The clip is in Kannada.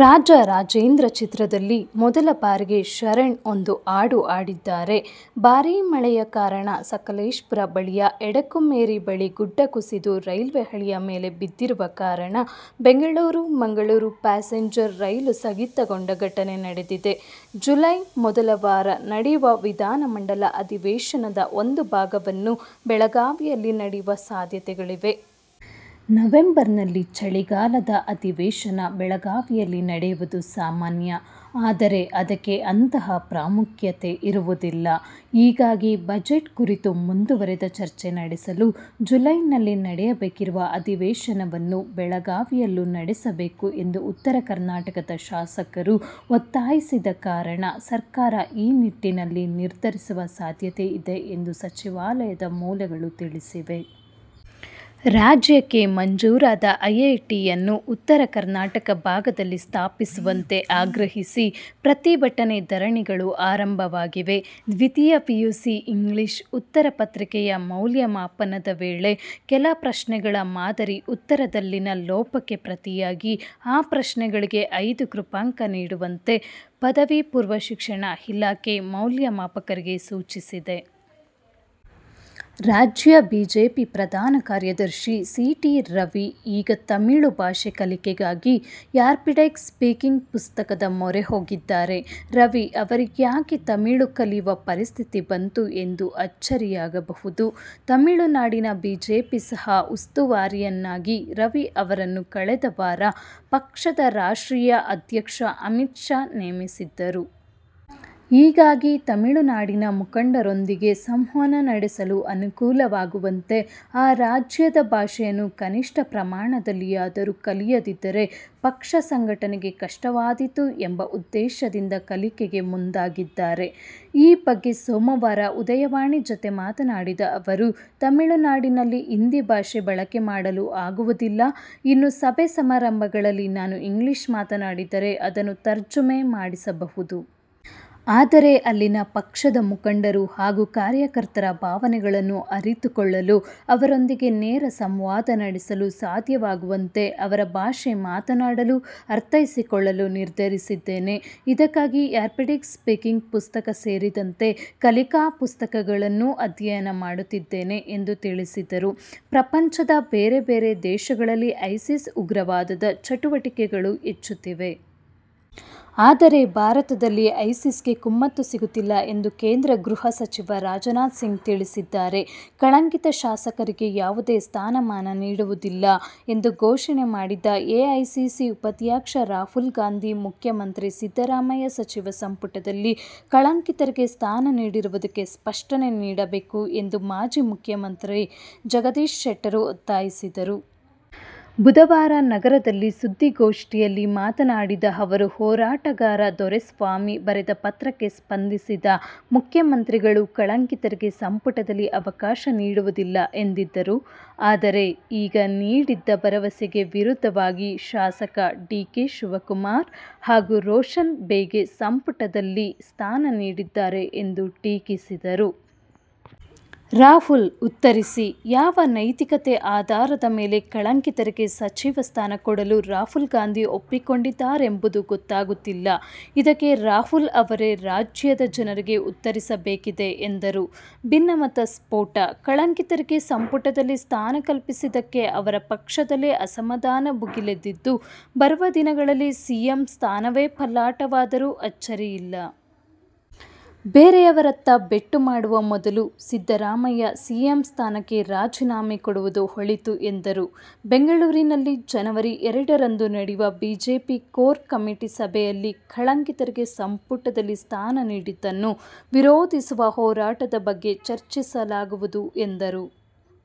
ರಾಜ ರಾಜೇಂದ್ರ' ಚಿತ್ರದಲ್ಲಿ ಮೊದಲ ಬಾರಿಗೆ ಶರಣ್ ಒಂದು ಹಾಡು ಹಾಡಿದ್ದಾರೆ. ಭಾರೀ ಮಳೆಯ ಕಾರಣ ಸಕೆಲೇಶಪುರ ಬಳಿಯ ಎಡಕುಮೇರಿ ಬಳಿ ಗುಡ್ಡ ಕುಸಿದು ರೈಲ್ವೇ ಹಳಿಯ ಮೇಲೆ ಬಿದ್ದಿರುವ ಕಾರಣ ಬೆಂಗಳೂರು -ಮಂಗಳೂರು ಪ್ಯಾಸೆಂಜರ್ ರೈಲು ಸ್ಥಗಿತಗೊಂಡ ಘಟನೆ ನಡೆದಿದೆ. ಜುಲೈ ಮೊದಲ ವಾರ ನಡೆಯುವ ವಿಧಾನಮಂಡಲ ಅಧಿವೇಶನದ ಒಂದು ಭಾಗವನ್ನು ಬೆಳಗಾವಿಯಲ್ಲಿ ನಡೆಯುವ ಸಾಧ್ಯತೆಗಳಿವೆ. ನವೆಂಬರ್ನಲ್ಲಿ ಚಳಿಗಾಲದ ಅಧಿವೇಶನ ಬೆಳಗಾವಿಯಲ್ಲಿ ನಡೆಯುವುದು ಸಾಮಾನ್ಯ. ಆದರೆ, ಅದಕ್ಕೆ ಅಂತಹ ಪ್ರಾಮುಖ್ಯತೆ ಇರುವುದಿಲ್ಲ. ಹೀಗಾಗಿ ಬಜೆಟ್ ಕುರಿತ ಮುಂದುವರೆದ ಚರ್ಚೆ ನಡೆಸಲು ಜುಲೈನಲ್ಲಿ ನಡೆಯಬೇಕಿರುವ ಅಧಿವೇಶನವನ್ನು ಬೆಳಗಾವಿಯಲ್ಲೂ ನಡೆಸಬೇಕು ಎಂದು ಉತ್ತರ ಕರ್ನಾಟಕದ ಶಾಸಕರು ಒತ್ತಾಯಿಸಿದ ಕಾರಣ ಸರ್ಕಾರ ಈ ನಿಟ್ಟಿನಲ್ಲಿ ನಿರ್ಧರಿಸುವ ಸಾಧ್ಯತೆಯಿದೆ ಎಂದು ಸಚಿವಾಲಯದ ಮೂಲಗಳು ತಿಳಿಸಿವೆ. ರಾಜ್ಯಕ್ಕೆ ಮಂಜೂರಾದ ಐಐಟಿಯನ್ನು ಉತ್ತರ ಕರ್ನಾಟಕ ಭಾಗದಲ್ಲಿ ಸ್ಥಾಪಿಸುವಂತೆ ಆಗ್ರಹಿಸಿ ಪ್ರತಿಭಟನೆ, ಧರಣಿಗಳು ಆರಂಭವಾಗಿವೆ. ದ್ವಿತೀಯ ಪಿಯುಸಿ ಇಂಗ್ಲೀಷ್ ಉತ್ತರ ಪತ್ರಿಕೆಯ ಮೌಲ್ಯಮಾಪನದ ವೇಳೆ ಕೆಲ ಪ್ರಶ್ನೆಗಳ ಮಾದರಿ ಉತ್ತರದಲ್ಲಿನ ಲೋಪಕ್ಕೆ ಪ್ರತಿಯಾಗಿ ಆ ಪ್ರಶ್ನೆಗಳಿಗೆ ಐದು ಕೃಪಾಂಕ ನೀಡುವಂತೆ ಪದವಿ ಪೂರ್ವ ಶಿಕ್ಷಣ ಇಲಾಖೆ ಮೌಲ್ಯಮಾಪಕರಿಗೆ ಸೂಚಿಸಿದೆ. ರಾಜ್ಯ ಬಿಜೆಪಿ ಪ್ರಧಾನ ಕಾರ್ಯದರ್ಶಿ ಸಿ. ಟಿ. ರವಿ ಈಗ ತಮಿಳು ಭಾಷೆ ಕಲಿಕೆಗಾಗಿ ರ್ಯಾಪಿಡೆಕ್ಸ್ ಸ್ಪೀಕಿಂಗ್ ಪುಸ್ತಕದ ಮೊರೆ ಹೋಗಿದ್ದಾರೆ. ರವಿ ಅವರಿಗ್ಯಾಕೆ ತಮಿಳು ಕಲಿವ ಪರಿಸ್ಥಿತಿ ಬಂತು ಎಂದು ಅಚ್ಚರಿಯಾಗಬಹುದು. ತಮಿಳುನಾಡಿನ ಬಿಜೆಪಿ ಸಹ ಉಸ್ತುವಾರಿಯನ್ನಾಗಿ ರವಿ ಅವರನ್ನು ಕಳೆದ ವಾರ ಪಕ್ಷದ ರಾಷ್ಟ್ರೀಯ ಅಧ್ಯಕ್ಷ ಅಮಿತ್ ಶಾ ನೇಮಿಸಿದ್ದರು. ಹೀಗಾಗಿ, ತಮಿಳುನಾಡಿನ ಮುಖಂಡರೊಂದಿಗೆ ಸಂವಹನ ನಡೆಸಲು ಅನುಕೂಲವಾಗುವಂತೆ ಆ ರಾಜ್ಯದ ಭಾಷೆಯನ್ನು ಕನಿಷ್ಠ ಪ್ರಮಾಣದಲ್ಲಿಯಾದರೂ ಕಲಿಯದಿದ್ದರೆ ಪಕ್ಷ ಸಂಘಟನೆಗೆ ಕಷ್ಟವಾದೀತು ಎಂಬ ಉದ್ದೇಶದಿಂದ ಕಲಿಕೆಗೆ ಮುಂದಾಗಿದ್ದಾರೆ. ಈ ಬಗ್ಗೆ ಸೋಮವಾರ ಉದಯವಾಣಿ' ಜತೆ ಮಾತನಾಡಿದ ಅವರು, ತಮಿಳುನಾಡಿನಲ್ಲಿ ಹಿಂದಿ ಭಾಷೆ ಬಳಕೆ ಮಾಡಲು ಆಗುವುದಿಲ್ಲ. ಇನ್ನು ಸಭೆ-ಸಮಾರಂಭಗಳಲ್ಲಿ ನಾನು ಇಂಗ್ಲಿಷ್ ಮಾತನಾಡಿದರೆ ಅದನ್ನು ತರ್ಜುಮೆ ಮಾಡಿಸಬಹುದು. ಆದರೆ, ಅಲ್ಲಿನ ಪಕ್ಷದ ಮುಖಂಡರು ಹಾಗೂ ಕಾರ್ಯಕರ್ತರ ಭಾವನೆಗಳನ್ನು ಅರಿತುಕೊಳ್ಳಲು ಅವರೊಂದಿಗೆ ನೇರ ಸಂವಾದ ನಡೆಸಲು ಸಾಧ್ಯವಾಗುವಂತೆ ಅವರ ಭಾಷೆ ಮಾತನಾಡಲು-ಅರ್ಥೈಸಿಕೊಳ್ಳಲು ನಿರ್ಧರಿಸಿದ್ದೇನೆ. ಇದಕ್ಕಾಗಿ ರ್ಯಾಪಿಡೆಕ್ಸ್ ಸ್ಪೀಕಿಂಗ್ ಪುಸ್ತಕ ಸೇರಿದಂತೆ ಕಲಿಕಾ ಪುಸ್ತಕಗಳನ್ನು ಅಧ್ಯಯನ ಮಾಡುತ್ತಿದ್ದೇನೆ ಎಂದು ತಿಳಿಸಿದರು. ಪ್ರಪಂಚದ ಬೇರೆ ಬೇರೆ ದೇಶಗಳಲ್ಲಿ ಐಸಿಸ್ ಉಗ್ರವಾದದ ಚಟುವಟಿಕೆಗಳು ಹೆಚ್ಚುತ್ತಿವೆ. ಆದರೆ, ಭಾರತದಲ್ಲಿ ಐಸಿಸ್ಗೆ ಕುಮ್ಮಕ್ಕು ಸಿಗುತ್ತಿಲ್ಲ ಎಂದು ಕೇಂದ್ರ ಗೃಹ ಸಚಿವ ರಾಜನಾಥ್ ಸಿಂಗ್ ತಿಳಿಸಿದ್ದಾರೆ. ಕಳಂಕಿತ ಶಾಸಕರಿಗೆ ಯಾವುದೇ ಸ್ಥಾನಮಾನ ನೀಡುವುದಿಲ್ಲ ಎಂದು ಘೋಷಣೆ ಮಾಡಿದ್ದ ಎಐಸಿಸಿ ಉಪಾಧ್ಯಕ್ಷ ರಾಹುಲ್ ಗಾಂಧಿ, ಮುಖ್ಯಮಂತ್ರಿ ಸಿದ್ದರಾಮಯ್ಯ ಸಚಿವ ಸಂಪುಟದಲ್ಲಿ ಕಳಂಕಿತರಿಗೆ ಸ್ಥಾನ ನೀಡಿರುವುದಕ್ಕೆ ಸ್ಪಷ್ಟನೆ ನೀಡಬೇಕು ಎಂದು ಮಾಜಿ ಮುಖ್ಯಮಂತ್ರಿ ಜಗದೀಶ ಶೆಟ್ಟರ್ ಒತ್ತಾಯಿಸಿದರು. ಬುಧವಾರ ನಗರದಲ್ಲಿ ಸುದ್ದಿಗೋಷ್ಠಿಯಲ್ಲಿ ಮಾತನಾಡಿದ ಅವರು, ಹೋರಾಟಗಾರ ದೊರೆಸ್ವಾಮಿ ಬರೆದ ಪತ್ರಕ್ಕೆ ಸ್ಪಂದಿಸಿದ ಮುಖ್ಯಮಂತ್ರಿಗಳು ಕಳಂಕಿತರಿಗೆ ಸಂಪುಟದಲ್ಲಿ ಅವಕಾಶ ನೀಡುವುದಿಲ್ಲ ಎಂದಿದ್ದರು. ಆದರೆ, ಈಗ ನೀಡಿದ್ದ ಭರವಸೆಗೆ ವಿರುದ್ಧವಾಗಿ ಶಾಸಕ ಡಿ. ಕೆ. ಶಿವಕುಮಾರ್ ಹಾಗೂ ರೋಷನ್ ಬೇಗ್ಗೆ ಸಂಪುಟದಲ್ಲಿ ಸ್ಥಾನ ನೀಡಿದ್ದಾರೆ ಎಂದು ಟೀಕಿಸಿದರು. ರಾಹುಲ್ ಉತ್ತರಿಸಿ: ಯಾವ ನೈತಿಕತೆ ಆಧಾರದ ಮೇಲೆ ಕಳಂಕಿತರಿಗೆ ಸಚಿವ ಸ್ಥಾನ ಕೊಡಲು ರಾಹುಲ್ ಗಾಂಧಿ ಒಪ್ಪಿಕೊಂಡಿದ್ದಾರೆಂಬುದು ಗೊತ್ತಾಗುತ್ತಿಲ್ಲ. ಇದಕ್ಕೆ ರಾಹುಲ್ ಅವರೇ ರಾಜ್ಯದ ಜನರಿಗೆ ಉತ್ತರಿಸಬೇಕಿದೆ ಎಂದರು. ಭಿನ್ನಮತ ಸ್ಫೋಟ: ಕಳಂಕಿತರಿಗೆ ಸಂಪುಟದಲ್ಲಿ ಸ್ಥಾನ ಕಲ್ಪಿಸಿದ್ದಕ್ಕೆ ಅವರ ಪಕ್ಷದಲ್ಲೇ ಅಸಮಾಧಾನ ಭುಗಿಲೆದ್ದಿದ್ದು, ಬರುವ ದಿನಗಳಲ್ಲಿ ಸಿಎಂ ಸ್ಥಾನವೇ ಪಲ್ಲಟವಾದರೂ ಅಚ್ಚರಿಯಿಲ್ಲ. ಬೇರೆಯವರತ್ತ ಬೆಟ್ಟು ಮಾಡುವ ಮೊದಲು ಸಿದ್ದರಾಮಯ್ಯ, ಸಿಎಂ ಸ್ಥಾನಕ್ಕೆ ರಾಜೀನಾಮೆ ಕೊಡುವುದು ಒಳಿತು ಎಂದರು. ಬೆಂಗಳೂರಿನಲ್ಲಿ ಜನವರಿ ಎರಡರಂದು ನಡೆಯುವ ಬಿಜೆಪಿ ಕೋರ್ ಕಮಿಟಿ ಸಭೆಯಲ್ಲಿ ಕಳಂಕಿತರಿಗೆ ಸಂಪುಟದಲ್ಲಿ ಸ್ಥಾನ ನೀಡಿದ್ದನ್ನು ವಿರೋಧಿಸಿಸುವ ಹೋರಾಟದ ಬಗ್ಗೆ ಚರ್ಚಿಸಲಾಗುವುದು ಎಂದರು.